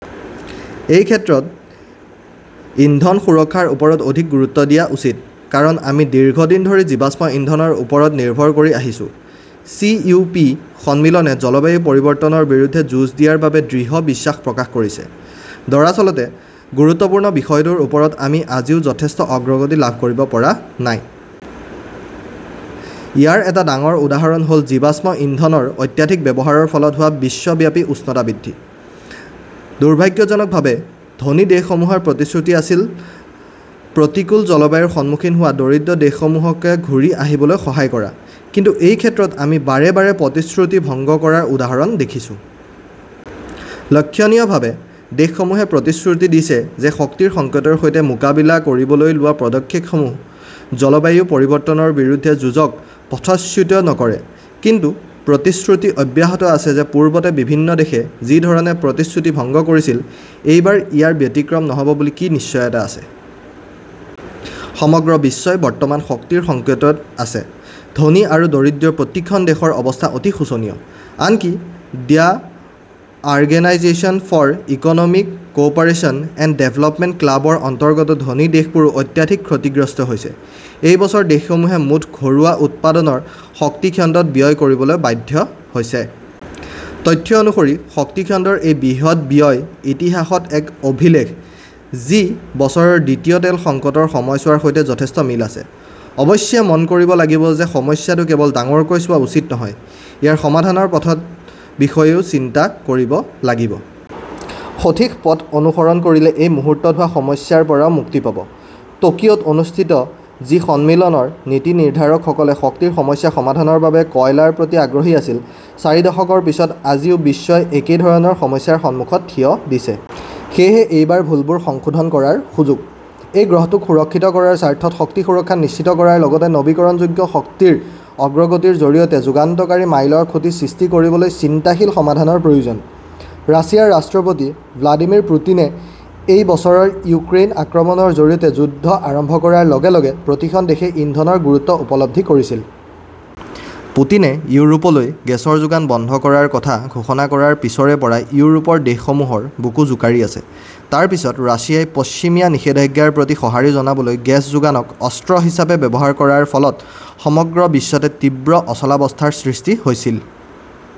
এই ক্ষেত্ৰত ইন্ধন সুৰক্ষাৰ ওপৰত অধিক গুৰুত্ব দিয়া উচিত। কাৰণ, আমি দীৰ্ঘদিন ধৰি জীৱাশ্ম ইন্ধনৰ ওপৰত নিৰ্ভৰ কৰি আহিছো। চি.ও.পি. সন্মিলনে জলবায়ু পৰিৱৰ্তনৰ বিৰুদ্ধে যুঁজ দিয়াৰ বাবে দৃঢ় বিশ্বাস প্ৰকাশ কৰিছে। দৰাচলতে, গুৰুত্বপূৰ্ণ বিষয়টোৰ ওপৰত আমি আজিও যথেষ্ট অগ্ৰগতি লাভ কৰিব পৰা নাই। ইয়াৰ এটা ডাঙৰ উদাহৰণ হ'ল জীৱাশ্ম ইন্ধনৰ অত্যাধিক ব্যৱহাৰৰ ফলত হোৱা বিশ্বব্যাপী উষ্ণতা বৃদ্ধি। দুৰ্ভাগ্যজনকভাৱে, ধনী দেশসমূহৰ প্ৰতিশ্ৰুতি আছিল-প্ৰতিকূল জলবায়ুৰ সন্মুখীন হোৱা দৰিদ্ৰ দেশসমূহক ঘূৰি আহিবলৈ সহায় কৰা। কিন্তু এই ক্ষেত্ৰত আমি বাৰে বাৰে প্ৰতিশ্ৰুতি ভংগ কৰাৰ উদাহৰণ দেখিছো। লক্ষণীয়ভাৱে, দেশসমূহে প্ৰতিশ্ৰুতি দিছে যে শক্তিৰ সংকটৰ সৈতে মোকাবিলা কৰিবলৈ লোৱা পদক্ষেপসমূহে জলবায়ু পৰিৱৰ্তনৰ বিৰুদ্ধে যুঁজক পথচ্যুত নকৰে। কিন্তু প্ৰতিশ্ৰুতি অব্যাহত আছে যে পূৰ্বতে বিভিন্ন দেশে যি ধৰণৰ প্ৰতিশ্ৰুতি ভংগ কৰিছিল, এইবাৰ ইয়াৰ ব্যতিক্ৰম নহ'ব বুলি কি নিশ্চয়তা আছে? সমগ্ৰ বিশ্বই বৰ্তমান শক্তিৰ সংকটত আছে। ধনী আৰু দৰিদ্ৰ প্ৰতিখন দেশৰ অৱস্থা অতি শোচনীয়। আনকি the organisation for economic cooperation and development ক্লাবৰ অন্তৰ্গত ধনী দেশবোৰো অত্যাধিক ক্ষতিগ্ৰস্ত হৈছে। এই বছৰ দেশসমূহে মুঠ ঘৰুৱা উৎপাদনৰ শক্তি খণ্ডত ব্যয় কৰিবলৈ বাধ্য হৈছে। তথ্য অনুসৰি, শক্তি খণ্ডৰ এই বৃহৎ ব্যয় ইতিহাসত এক অভিলেখ, যি বছৰৰ দ্বিতীয় তেল সংকটৰ সময়ছোৱাৰ সৈতে যথেষ্ট মিল আছে। অৱশ্যে মনত ৰাখিব লাগিব যে সমস্যাটো কেৱল ডাঙৰকৈ চোৱা উচিত নহয়। ইয়াৰ সমাধানৰ পথৰ বিষয়েও চিন্তা কৰিব লাগিব। সঠিক পথ অনুসৰণ কৰিলে এই মুহূৰ্তত হোৱা সমস্যাৰ পৰাও মুক্তি পাব। টকিঅ'ত অনুষ্ঠিত জি সন্মিলনৰ নীতি নিৰ্ধাৰকসকলে শক্তিৰ সমস্যা সমাধানৰ বাবে কয়লাৰ প্ৰতি আগ্ৰহী আছিল। চাৰি দশকৰ পিছত আজিও বিশ্বই একে ধৰণৰ সমস্যাৰ সন্মুখত থিয় দিছে। সেয়েহে, এইবাৰ ভুলবোৰ সংশোধন কৰাৰ সুযোগ। এই গ্ৰহটোক সুৰক্ষিত কৰাৰ স্বাৰ্থত শক্তি সুৰক্ষা নিশ্চিত কৰাৰ লগতে নৱীকৰণযোগ্য শক্তিৰ অগ্ৰগতিৰ জৰিয়তে যুগান্তকাৰী মাইলৰ খুঁটি সৃষ্টি কৰিবলৈ চিন্তাশীল সমাধানৰ প্ৰয়োজন। ৰাছিয়াৰ ৰাষ্ট্ৰপতি ভ্লাদিমিৰ পুটিনে এই বছৰ ইউক্ৰেইন আক্ৰমণৰ জৰিয়তে যুদ্ধ আৰম্ভ কৰাৰ লগে লগে প্ৰতিখন দেশে ইন্ধনৰ গুৰুত্ব উপলব্ধি কৰিছিল। পুটিনে ইউৰোপলৈ গেছৰ যোগান বন্ধ কৰাৰ কথা ঘোষণা কৰাৰ পিছৰে পৰা ইউৰোপৰ দেশসমূহৰ বুকু জোকাৰি আছে। তাৰ পিছত ৰাছিয়াই পশ্চিমীয়া নিষেধাজ্ঞাৰ প্ৰতি সঁহাৰি জনাবলৈ গেছ যোগানক 'অস্ত্ৰ' হিচাপে ব্যৱহাৰ কৰাৰ ফলত সমগ্ৰ বিশ্বতে তীব্ৰ অচলাবস্থাৰ সৃষ্টি হৈছিল।